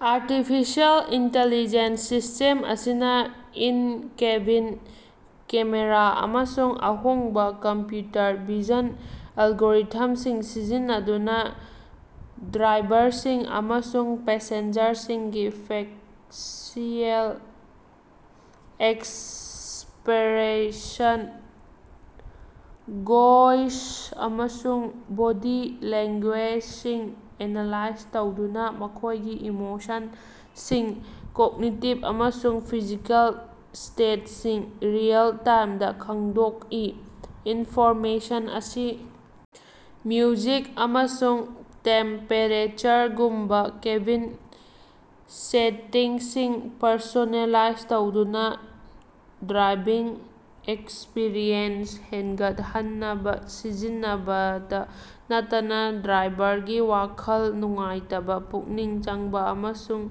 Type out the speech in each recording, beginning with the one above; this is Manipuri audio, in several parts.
ꯑꯥꯔꯇꯤꯐꯤꯁꯤꯑꯦꯜ ꯏꯟꯇꯤꯂꯤꯖ‌ꯦꯟꯁ ꯁꯤꯁ꯭ꯇꯦꯝ ꯑꯁꯤꯅ ꯏꯟ-ꯀꯦꯕꯤꯟ ꯀꯦꯃꯦꯔꯥ ꯑꯃꯁꯨꯡ ꯑꯍꯣꯡꯕ ꯀꯝꯄ꯭ꯌꯨꯇꯔ ꯚꯤꯖꯟ ꯑꯦꯜꯒꯣꯔꯤꯊꯝꯁꯤꯡ ꯁꯤꯖꯤꯟꯅꯗꯨꯅ ꯗ꯭ꯔꯥꯏꯚꯔꯁꯤꯡ ꯑꯃꯁꯨꯡ ꯄꯦꯁꯦꯟꯖꯔꯁꯤꯡꯒꯤ ꯐꯦꯁꯤꯑꯦꯜ ꯑꯦꯛꯁꯄ꯭ꯔꯦꯁꯟ, ꯚꯣꯏꯁ, ꯑꯃꯁꯨꯡ ꯕꯣꯗꯤ ꯂꯦꯡꯒꯨꯌꯦꯖꯁꯤꯡ ꯑꯦꯅꯥꯂꯥꯏꯖ ꯇꯧꯗꯨꯅ ꯃꯈꯣꯏꯒꯤ ꯏꯃꯣꯁꯟꯁꯤꯡ, ꯀꯣꯛꯅꯤꯇꯤꯕ ꯑꯃꯁꯨꯡ ꯐꯤꯖꯤꯀꯦꯜ ꯁ꯭ꯇꯦꯠꯁꯤꯡ ꯔꯤꯑꯦꯜ-ꯇꯥꯏꯝꯗ ꯈꯪꯗꯣꯛꯏ꯫ ꯏꯟꯐꯣꯔꯃꯦꯁꯟ ꯑꯁꯤ ꯃ꯭ꯌꯨꯖꯤꯛ ꯑꯃꯁꯨꯡ ꯇꯦꯝꯄꯦꯔꯦꯆꯔꯒꯨꯝꯕ ꯀꯦꯕꯤꯟ ꯁꯦꯇꯤꯡꯁꯤꯡ ꯄꯔꯁꯣꯅꯦꯂꯥꯏꯖ ꯇꯧꯗꯨꯅ ꯗ꯭ꯔꯥꯏꯚꯤꯡ ꯑꯦꯛꯁꯄꯤꯔꯤꯑꯦꯟꯁ ꯍꯦꯟꯒꯠꯍꯟꯅꯕ ꯁꯤꯖꯤꯟꯅꯕꯇ ꯅꯠꯇꯅ ꯗ꯭ꯔꯥꯏꯚꯔꯒꯤ ꯋꯥꯈꯜ ꯅꯨꯡꯉꯥꯏꯇꯕ, ꯄꯨꯛꯅꯤꯡ ꯆꯪꯕ, ꯑꯃꯁꯨꯡ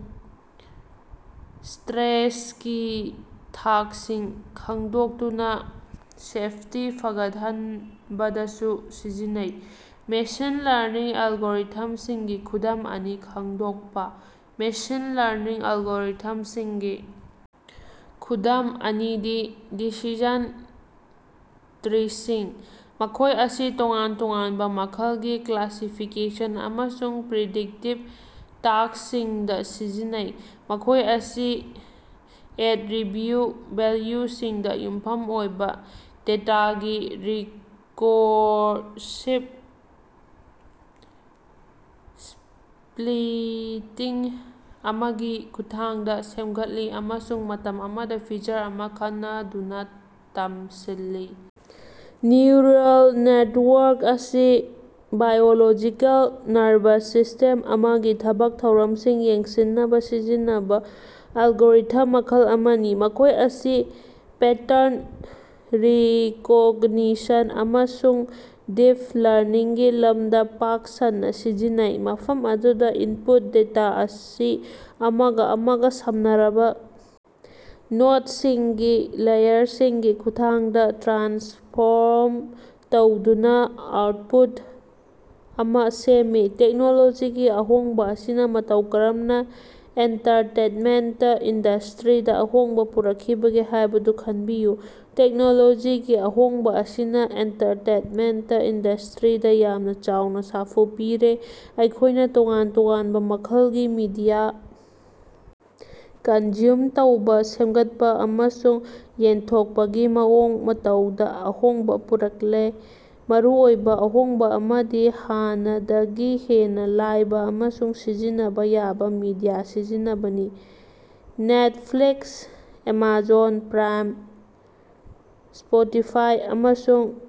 ꯁ꯭ꯇꯔꯦꯁꯀꯤ ꯊꯥꯛꯁꯤꯡ ꯈꯪꯗꯣꯛꯇꯨꯅ ꯁꯦꯐꯇꯤ ꯐꯒꯠꯍꯟꯕꯗꯁꯨ ꯁꯤꯖꯤꯟꯅꯩ꯫ ꯃꯦꯁꯤꯟ ꯂꯔꯅꯤꯡ ꯑꯦꯜꯒꯣꯔꯤꯊꯝꯁꯤꯡꯒꯤ ꯈꯨꯗꯝ ꯑꯅꯤ ꯈꯪꯗꯣꯛꯄꯥ꯫ ꯃꯦꯁꯤꯟ ꯂꯔꯅꯤꯡ ꯑꯦꯜꯒꯣꯔꯤꯊꯝꯁꯤꯡꯒꯤ ꯈꯨꯗꯝ ꯑꯅꯤꯗꯤ: ꯗꯤꯁꯤꯖꯟ ꯇ꯭ꯔꯤꯁꯤꯡ: ꯃꯈꯣꯏ ꯑꯁꯤ ꯇꯣꯉꯥꯟ ꯇꯣꯉꯥꯟꯕ ꯃꯈꯜꯒꯤ ꯀ꯭ꯂꯥꯁꯤꯐꯤꯀꯦꯁꯟ ꯑꯃꯁꯨꯡ ꯄ꯭ꯔꯤꯗꯤꯛꯇꯤꯚ ꯇꯥꯁ꯭ꯛꯁꯤꯡꯗ ꯁꯤꯖꯤꯟꯅꯩ꯫ ꯃꯈꯣꯏ ꯑꯁꯤ ꯑꯦꯠꯔꯤꯕꯤꯎꯠ ꯚꯦꯜꯌꯨꯁꯤꯡꯗ ꯌꯨꯝꯐꯝ ꯑꯣꯏꯕ ꯗꯦꯇꯥꯒꯤ ꯔꯤꯀꯣꯔꯁꯤꯕ ꯁ꯭ꯄꯂꯤꯇꯤꯡ ꯑꯃꯒꯤ ꯈꯨꯠꯊꯥꯡꯗ ꯁꯦꯝꯒꯠꯂꯤ ꯑꯃꯁꯨꯡ ꯃꯇꯝ ꯑꯃꯗ ꯐꯤꯆꯔ ꯑꯃ ꯈꯟꯅꯗꯨꯅ ꯇꯝꯁꯤꯜꯂꯤ꯫ ꯅ꯭ꯌꯨꯔꯜ ꯅꯦꯇꯋꯥꯔꯛ: ꯃꯁꯤ ꯕꯥꯏꯑꯣꯂꯣꯖꯤꯀꯦꯜ ꯅꯔꯚꯁ ꯁꯤꯁ꯭ꯇꯦꯝ ꯑꯃꯒꯤ ꯊꯕꯛ ꯊꯧꯔꯝꯁꯤꯡ ꯌꯦꯡꯁꯤꯟꯅꯕ ꯁꯤꯖꯤꯟꯅꯕꯥ ꯑꯦꯜꯒꯣꯔꯤꯊꯝ ꯃꯈꯜ ꯑꯃꯅꯤ꯫ ꯃꯈꯣꯏ ꯑꯁꯤ ꯄꯦꯇꯔꯟ ꯔꯤꯀꯣꯒꯅꯤꯁꯟ ꯑꯃꯁꯨꯡ ꯗꯤꯞ ꯂꯔꯅꯤꯡꯒꯤ ꯂꯝꯗ ꯄꯥꯛ ꯁꯟꯅ ꯁꯤꯖꯤꯟꯅꯩ, ꯃꯐꯝ ꯑꯗꯨꯗ ꯏꯟꯄꯨꯠ ꯗꯦꯇꯥ ꯑꯁꯤ ꯑꯃꯒ ꯑꯃꯒ ꯁꯝꯅꯔꯕ ꯅꯣꯠꯁꯤꯡꯒꯤ ꯂꯦꯌꯔꯁꯤꯡꯒꯤ ꯈꯨꯠꯊꯥꯡꯗ ꯇ꯭ꯔꯥꯟꯁꯐꯣꯔꯝ ꯇꯧꯗꯨꯅ ꯑꯥꯎꯠꯄꯨꯠ ꯑꯃ ꯁꯦꯝꯃꯤ꯫ ꯇꯦꯛꯅꯣꯂꯣꯖꯤꯒꯤ ꯑꯍꯣꯡꯕ ꯑꯁꯤꯅ ꯃꯇꯧ ꯀꯔꯝꯅ ꯑꯦꯟꯇꯔꯇꯦꯟꯃꯦꯟꯇ ꯏꯟꯗꯁꯇ꯭ꯔꯤꯗ ꯑꯍꯣꯡꯕ ꯄꯨꯔꯛꯈꯤꯕꯒꯦ ꯍꯥꯏꯕꯗꯨ ꯈꯟꯕꯤꯌꯨ꯫ ꯇꯦꯛꯅꯣꯂꯣꯖꯤꯒꯤ ꯑꯍꯣꯡꯕ ꯑꯁꯤꯅ ꯑꯦꯟꯇꯔꯇꯦꯅꯃꯦꯟꯇ ꯏꯟꯗꯁ꯭ꯇꯔꯤꯗ ꯌꯥꯝꯅ ꯆꯥꯎꯅ ꯁꯥꯐꯨ ꯄꯤꯔꯦ, ꯑꯩꯈꯣꯏꯅ ꯇꯣꯉꯥꯟ ꯇꯣꯉꯥꯟꯕ ꯃꯈꯜꯒꯤ ꯃꯤꯗꯤꯌꯥ ꯀꯟꯖꯨꯝ ꯇꯧꯕ, ꯁꯦꯝꯒꯠꯄ ꯑꯃꯁꯨꯡ ꯌꯦꯟꯊꯣꯛꯄꯒꯤ ꯃꯑꯣꯡ ꯃꯇꯧꯗ ꯑꯍꯣꯡꯕ ꯄꯨꯔꯛꯂꯦ꯫ ꯃꯔꯨꯑꯣꯏꯕ ꯑꯍꯣꯡꯕ ꯑꯃꯗꯤ ꯍꯥꯟꯅꯗꯒꯤ ꯍꯦꯟꯅ ꯂꯥꯏꯕ ꯑꯃꯁꯨꯡ ꯁꯤꯖꯤꯟꯅꯕ ꯌꯥꯕ ꯃꯤꯗꯤꯌꯥ ꯁꯤꯖꯤꯟꯅꯕꯅꯤ꯫ ꯅꯦꯠꯐ꯭ꯂꯤꯛꯁ, ꯑꯦꯃꯥꯖꯣꯟ ꯄ꯭ꯔꯥꯏꯝ, ꯁ꯭ꯄꯣꯇꯤꯐꯥꯏ, ꯑꯃꯁꯨꯡ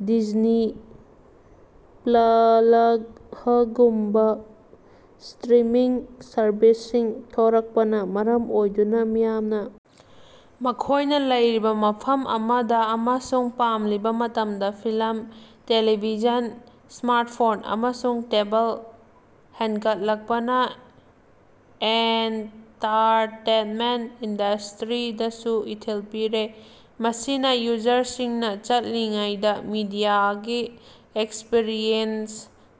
ꯗꯤꯖꯅꯤ ꯄ꯭ꯂꯍꯒꯨꯝꯕ ꯁ꯭ꯇꯔꯤꯃꯤꯡ ꯁꯔꯚꯤꯁꯁꯤꯡ ꯊꯣꯔꯛꯄꯅ ꯃꯔꯝ ꯑꯣꯏꯗꯨꯅ ꯃꯤꯌꯥꯝꯅ ꯃꯈꯣꯏꯅ ꯂꯩꯔꯤꯕ ꯃꯐꯝ ꯑꯃꯗ ꯑꯃꯁꯨꯡ ꯄꯥꯝꯂꯤꯕ ꯃꯇꯝꯗ ꯐꯤꯂꯝ, ꯇ‌ꯦꯂꯤꯚꯤꯖꯟ ꯁ꯭ꯃꯥꯔꯠꯐꯣꯟ ꯑꯃꯁꯨꯡ ꯇꯦꯕꯜ ꯍꯦꯟꯒꯠꯂꯛꯄꯅ ꯑꯦꯟꯇꯥꯔꯇꯦꯟꯃꯦꯟꯠ ꯏꯟꯗꯁ꯭ꯇꯔꯤꯗꯁꯨ ꯏꯊꯤꯜ ꯄꯤꯔꯦ, ꯃꯁꯤꯅ ꯌꯨꯖꯔꯁꯤꯡꯅ ꯆꯠꯂꯤꯉꯩꯗ ꯃꯤꯗꯤꯌꯥꯒꯤ ꯑꯦꯛꯁꯄꯔꯤꯌꯦꯟꯁ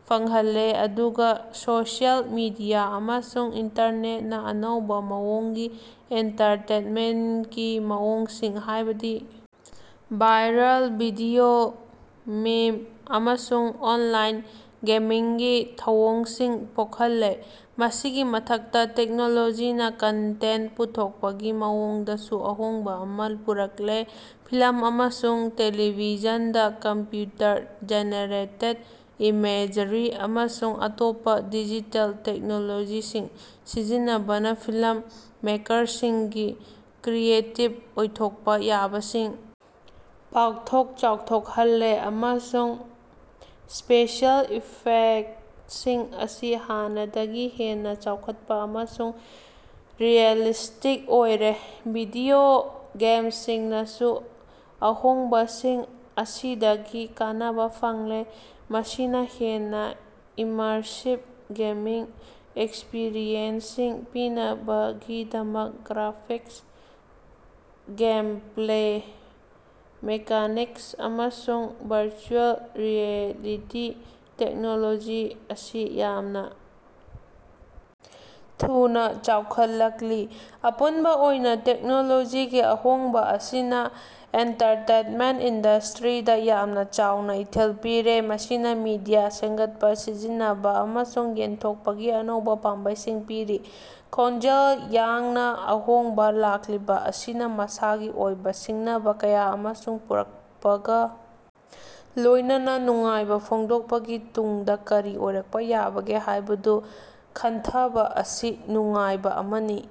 ꯐꯪꯍꯜꯂꯦ ꯑꯗꯨꯒ ꯁꯣꯁꯤꯑꯦꯜ ꯃꯤꯗꯤꯌꯥ ꯑꯃꯁꯨꯡ ꯏꯟꯇꯔꯅꯦꯠꯅ ꯑꯅꯧꯕ ꯃꯑꯣꯡꯒꯤ ꯑꯦꯟꯇꯥꯔꯇꯦꯟꯃꯦꯟꯀꯤ ꯃꯑꯣꯡꯁꯤꯡ, ꯍꯥꯏꯕꯗꯤ ꯚꯥꯏꯔꯜ ꯚꯤꯗꯤꯑꯣ, ꯃꯤꯝ ꯑꯃꯁꯨꯡ ꯑꯣꯟꯂꯥꯏꯟ ꯒꯦꯃꯤꯡꯒꯤ ꯊꯧꯑꯣꯡꯁꯤꯡ ꯄꯣꯛꯍꯜꯂꯦ꯫ ꯃꯁꯤꯒꯤ ꯃꯊꯛꯇ ꯇꯦꯛꯅꯣꯂꯣꯖꯤꯅ ꯀꯟꯇꯦꯟ ꯄꯨꯊꯣꯛꯄꯒꯤ ꯃꯑꯣꯡꯗꯁꯨ ꯑꯍꯣꯡꯕ ꯑꯃ ꯄꯨꯔꯛꯂꯦ꯫ ꯐꯤꯂꯝ ꯑꯃꯁꯨꯡ ꯇ‌ꯦꯂꯤꯚꯤꯖꯟꯗ ꯀꯝꯄ꯭ꯌꯨꯇꯔ ꯖꯦꯅꯦꯔꯦꯇꯦꯗ ꯏꯃꯦꯖꯔꯤ ꯑꯃꯁꯨꯡ ꯑꯇꯣꯞꯄ ꯗꯤꯖꯤꯇꯦꯜ ꯇꯦꯛꯅꯣꯂꯣꯖꯤꯁꯤꯡ ꯁꯤꯖꯤꯟꯅꯕꯅ ꯐꯤꯂꯝ ꯃꯦꯀꯔꯁꯤꯡꯒꯤ ꯀ꯭ꯔꯤꯌꯦꯇꯤꯕ ꯑꯣꯏꯊꯣꯛꯄ ꯌꯥꯕꯁꯤꯡ ꯄꯥꯛꯊꯣꯛ ꯆꯥꯎꯊꯣꯛꯍꯜꯂꯦ ꯑꯃꯁꯨꯡ ꯁ꯭ꯄꯦꯁꯤꯑꯦꯜ ꯏꯐꯦꯛꯁꯤꯡ ꯑꯁꯤ ꯍꯥꯟꯅꯗꯒꯤ ꯍꯦꯟꯅ ꯆꯥꯎꯈꯠꯄ ꯑꯃꯁꯨꯡ ꯔꯤꯑꯦꯂꯤꯁ꯭ꯇꯤꯛ ꯑꯣꯏꯔꯦ꯫ ꯚꯤꯗꯤꯑꯣ ꯒꯦꯝꯁꯤꯡꯅꯁꯨ ꯑꯍꯣꯡꯕꯁꯤꯡ ꯑꯁꯤꯗꯒꯤ ꯀꯥꯟꯅꯕ ꯐꯪꯂꯦ, ꯃꯁꯤꯅ ꯍꯦꯟꯅ ꯏꯃꯔꯁꯤꯕ ꯒꯦꯃꯤꯡ ꯑꯦꯛꯁꯄꯤꯔꯤꯑꯦꯟꯁꯁꯤꯡ ꯄꯤꯅꯕꯒꯤꯗꯃꯛ ꯒ꯭ꯔꯥꯐꯤꯛꯁ, ꯒꯦꯝꯄ꯭ꯂꯦ ꯃꯦꯀꯥꯅꯤꯛꯁ ꯑꯃꯁꯨꯡ ꯚꯔꯆꯨꯑꯦꯜ ꯔꯤꯌꯦꯂꯤꯇꯤ ꯇꯦꯛꯅꯣꯂꯣꯖꯤ ꯑꯁꯤ ꯌꯥꯝꯅ ꯊꯨꯅ ꯆꯥꯎꯈꯠꯂꯛꯂꯤ꯫ ꯑꯄꯨꯟꯕ ꯑꯣꯏꯅ ꯇꯦꯛꯅꯣꯂꯣꯖꯤꯒꯤ ꯑꯍꯣꯡꯕ ꯑꯁꯤꯅ ꯑꯦꯟꯇꯔꯇꯦꯟꯃꯦꯟ ꯏꯟꯗꯁ꯭ꯇꯔꯤꯗ ꯌꯥꯝꯅ ꯆꯥꯎꯅ ꯏꯊꯤꯜ ꯄꯤꯔꯦ, ꯃꯁꯤꯅ ꯃꯤꯗꯤꯌꯥ ꯁꯦꯝꯒꯠꯄ, ꯁꯤꯖꯤꯟꯅꯕ ꯑꯃꯁꯨꯡ ꯌꯦꯟꯊꯣꯛꯄꯒꯤ ꯑꯅꯧꯕ ꯄꯥꯝꯕꯩꯁꯤꯡ ꯄꯤꯔꯤ꯫ ꯈꯣꯡꯖꯦꯜ ꯌꯥꯡꯅ ꯑꯍꯣꯡꯕꯥ ꯂꯥꯛꯂꯤꯕ ꯑꯁꯤꯅ ꯃꯁꯥꯒꯤ ꯑꯣꯏꯕ ꯁꯤꯡꯅꯕ ꯀꯌꯥ ꯑꯃꯁꯨ ꯄꯨꯔꯛꯄꯒ ꯂꯣꯏꯅꯅ ꯅꯨꯡꯉꯥꯏꯕ ꯐꯣꯡꯗꯣꯛꯄꯒꯤ ꯇꯨꯡꯗ ꯀꯔꯤ ꯑꯣꯏꯔꯛꯄ ꯌꯥꯕꯒꯦ ꯍꯥꯏꯕꯗꯨ ꯈꯟꯊꯕ ꯑꯁꯤ ꯅꯨꯡꯉꯥꯏꯕ ꯑꯃꯅꯤ꯫